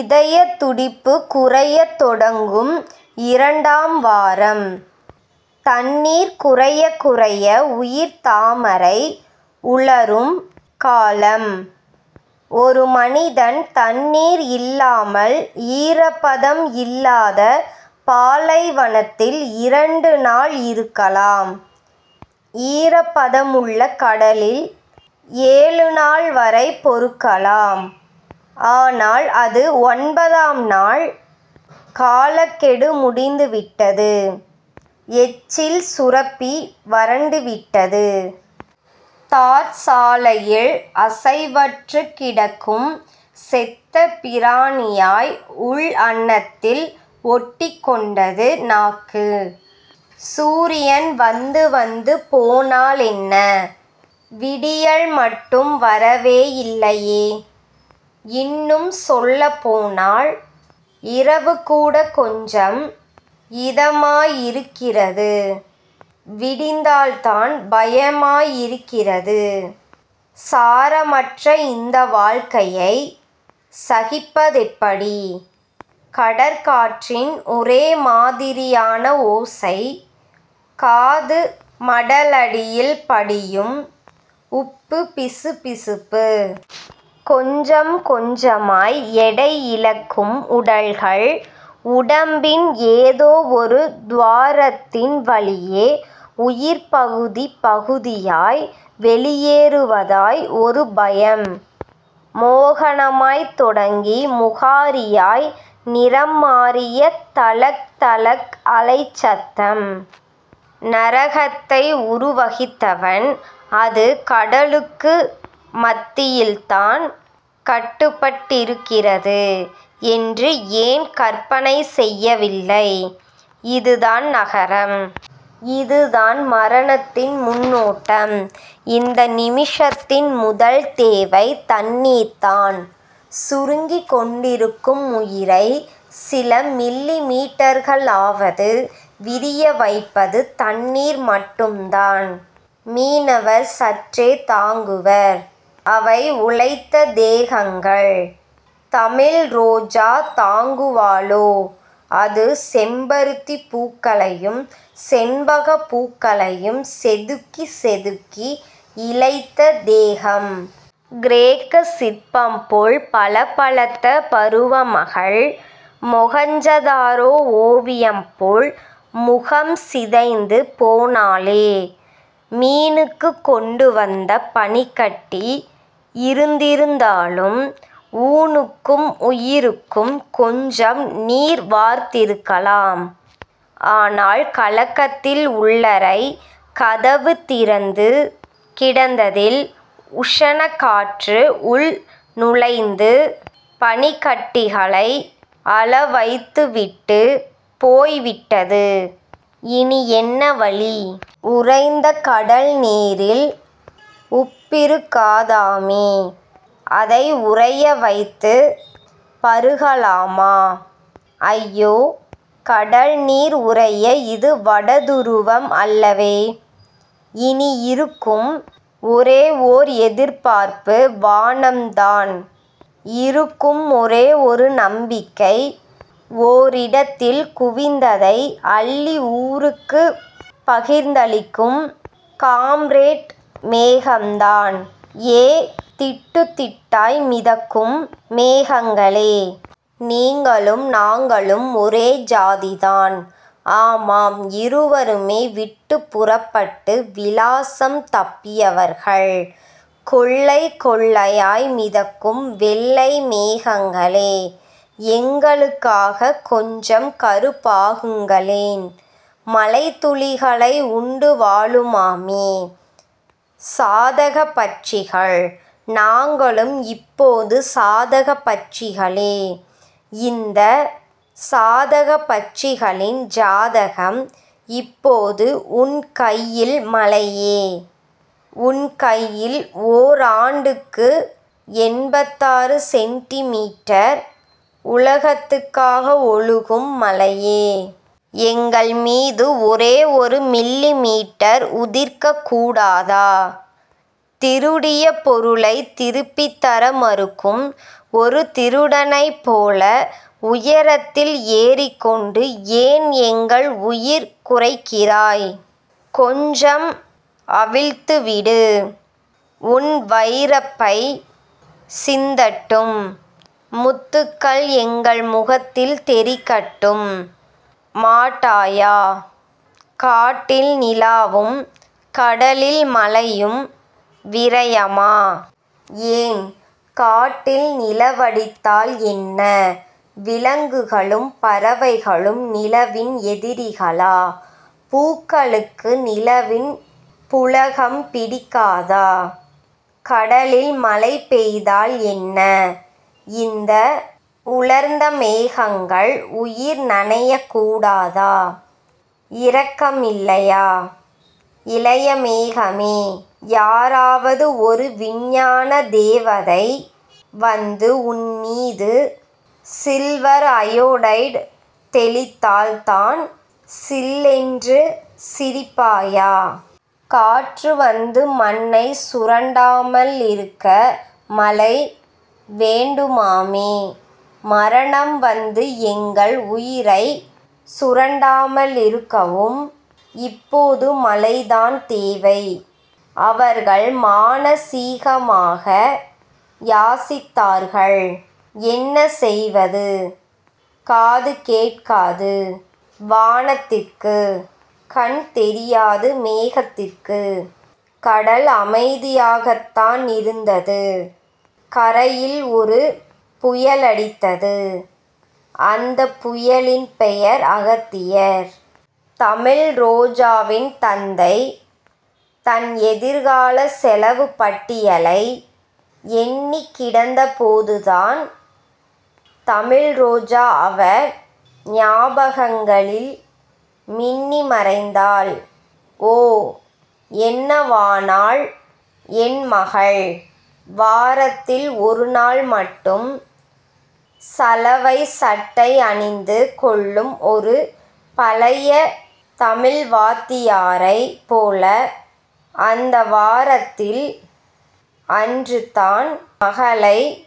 இதயத் துடிப்பு குறையத் தொடங்கும் இரண்டாம் வாரம். தண்ணீர் குறையக் குறைய உயிர்த்தாமரை உலரும் காலம். ஒரு மனிதன் தண்ணீர் இல்லாமல் ஈரப்பதம் இல்லாத பாலைவனத்தில் இரண்டு நாள் இருக்கலாம். ஈரப்பதமுள்ள கடலில் ஏழுநாள்வரை பொறுக்கலாம். ஆனால் அது ஒன்பதாம் நாள். காலக்கெடு முடிந்துவிட்டது. எச்சில் சுரப்பி வறண்டுவிட்டது. தார்ச்சாலையில் அசைவற்றுக் கிடக்கும் செத்தபிராணியாய் உள் அண்ணத்தில் ஒட்டிக்கொண்டது நாக்கு. சூரியன் வந்துவந்து போனாலென்ன. விடியல் மட்டும் வரவே இல்லையே. இன்னும் சொல்லப்போனால் இரவுகூடக் கொஞ்சம் இதமாயிருக்கிறது. விடிந்தால்தான் பயமாயிருக்கிறது. சாரமற்ற இந்த வாழ்க்கையைச் சகிப்பதெப்படி? கடற்காற்றின் ஒரேமாதிரியான ஓசை. காது மடலடியில் படியும் உப்புப் பிசுபிசுப்பு. கொஞ்சம் கொஞ்சமாய் எடையிழக்கும் உடல்கள். உடம்பின் ஏதோ ஒரு துவாரத்தின் வழியே, உயிர் பகுதி பகுதியாய் வெளியேறுவதாய் ஒரு பயம். மோகனமாய்த் தொடங்கி முகாரியாய் நிறம்மாறிய தளக் தளக் அலைச்சத்தம். நரகத்தை உருவகித்தவன் அது கடலுக்கு மத்தியில்தான் கட்டப்பட்டிருக்கிறது என்று ஏன் கற்பனை செய்யவில்லை? இதுதான் நரகம். இதுதான் மரணத்தின் முன்னோட்டம். இந்த நிமிஷத்தின் முதல் தேவை தண்ணீர்தான். சுருங்கிக் கொண்டிருக்கும் உயிரைச் சில மில்லி மீட்டர்களாவது விரியவைப்பது தண்ணீர் மட்டும்தான். மீனவர் சற்றே தாங்குவர். அவை உழைத்த தேகங்கள். தமிழ்ரோஜா தாங்குவாளோ? அது செம்பருத்திப் பூக்களையும் செண்பகப் பூக்களையும் செதுக்கிச் செதுக்கி இழைத்த தேகம். கிரேக்கச் சிற்பம்போல் பளபளத்த பருவமகள், மொகஞ்சதாரோ ஒவியம்போல் முகம் சிதைந்து போனாளே. மீனுக்குக் கொண்டுவந்த பனிக்கட்டி இருந்திருந்தாலும் ஊனுக்கும் உயிருக்கும் கொஞ்சம் நீர் வார்த்திருக்கலாம். ஆனால் கலக்கத்தில் உள்ளறைக் கதவு திறந்து கிடந்ததில் உஷணக்காற்று உள் நுழைந்து பனிக்கட்டிகளை அழவைத்துவிட்டுப் போய்விட்டது. இனி என்ன வழி? உறைந்த கடல்நீரில் உப்பிருக்காதாமே அதை உறைய வைத்துப் பருகலாமா அய்யோ கடல்நீர் உறைய இது வடதுருவம் அல்லவே இனி இருக்கும் ஒரே ஓர் எதிர்பார்ப்பு வானம்தான் இருக்கும் ஒரே ஒரு நம்பிக்கை ஓரிடத்தில் குவிந்ததை அள்ளி ஊருக்குப் பகிர்ந்தளிக்கும் காம்ரேட் மேகம்தான் ஏ திட்டுத்திட்டாய் மிதக்கும் மேகங்களே நீங்களும் நாங்களும் ஒரே ஜாதிதான். ஆமாம். இருவருமே விட்டுப்புறப்பட்டு விலாசம் தப்பியவர்கள் கொள்ளை கொள்ளையாய் மிதக்கும் வெள்ளை மேகங்களே எங்களுக்காகக் கொஞ்சம் கறுப்பாகுங்களேன் மழைத்துளிகளை உண்டுவாழுமாமே சாதகப்பட்சிகள் நாங்களும் இப்போது சாதகப்பட்சிகளே இந்தச் சாதகப்பட்சிகளின் ஜாதகம் இப்போது உன் கையில் மழையே உன் கையில் ஓராண்டுக்கு எண்பத்தாறு சென்டிமீட்டர் உலகத்துக்காக ஒழுகும் மழையே எங்கள் மீது ஒரே ஒரு மில்லிமீட்டர் உதிர்க்கக் கூடாதா திருடிய பொருளைத் திருப்பித்தர மறுக்கும் ஒரு திருடனைப் போல உயரத்தில் ஏறிக்கொண்டு ஏன் எங்கள் உயிர் குறைக்கிறாய் கொஞ்சம் அவிழ்த்துவிடு உன் வைரப்பை சிந்தட்டும் முத்துக்கள் எங்கள் முகத்தில் தெறிக்கட்டும் மாட்டாயா காட்டில் நிலாவும் கடலில் மழையும் விரயமா ஏன் காட்டில் நிலவடித்தால் என்ன விலங்குகளும் பறவைகளும் நிலாவின் எதிரிகளா பூக்களுக்கு நிலவின் புளகம் பிடிக்காதா கடலில் மழை பெய்தால் என்ன இந்த உலர்ந்த தேகங்கள் உயிர் நனையக்கூடாதா இரக்கமில்லையா இளையமேகமே யாராவது ஒரு விஞ்ஞான தேவதை வந்து உன்மீது சில்வர் அயொடைடு தெளித்தால்தான் சில்லென்று சிரிப்பாயா காற்று வந்து மண்ணைச் சுரண்டாமலிருக்க மழை வேண்டுமாமே. மரணம் வந்து எங்கள் உயிரைச் சுரண்டாமலிருக்கவும் இப்போது மழைதான் தேவை. அவர்கள் மானசீகமாக யாசித்தார்கள். என்ன செய்வது? காது கேட்காது வானத்திற்கு. கண் தெரியாது மேகத்திற்கு. கடல் அமைதியாகத்தானிருந்தது. கரையில் ஒரு புயலடித்தது. அந்தப் புயலின் பெயர் அகத்தியர். தமிழ்ரோஜாவின் தந்தை. தன் எதிர்காலச் செலவுப்பட்டியலை எண்ணிக் கிடந்தபோதுதான் தமிழ்ரோஜா அவர் ஞாபகங்களில் மின்னி மறைந்தாள் ஓ என்னவானாள் என் மகள் வாரத்தில் ஒருநாள் மட்டும் சலவைச்சட்டை அணிந்து கொள்ளும் ஒரு பழைய தமிழ்வாத்தியாரைப் போல அந்த வாரத்தில் அன்றுதான் மகளை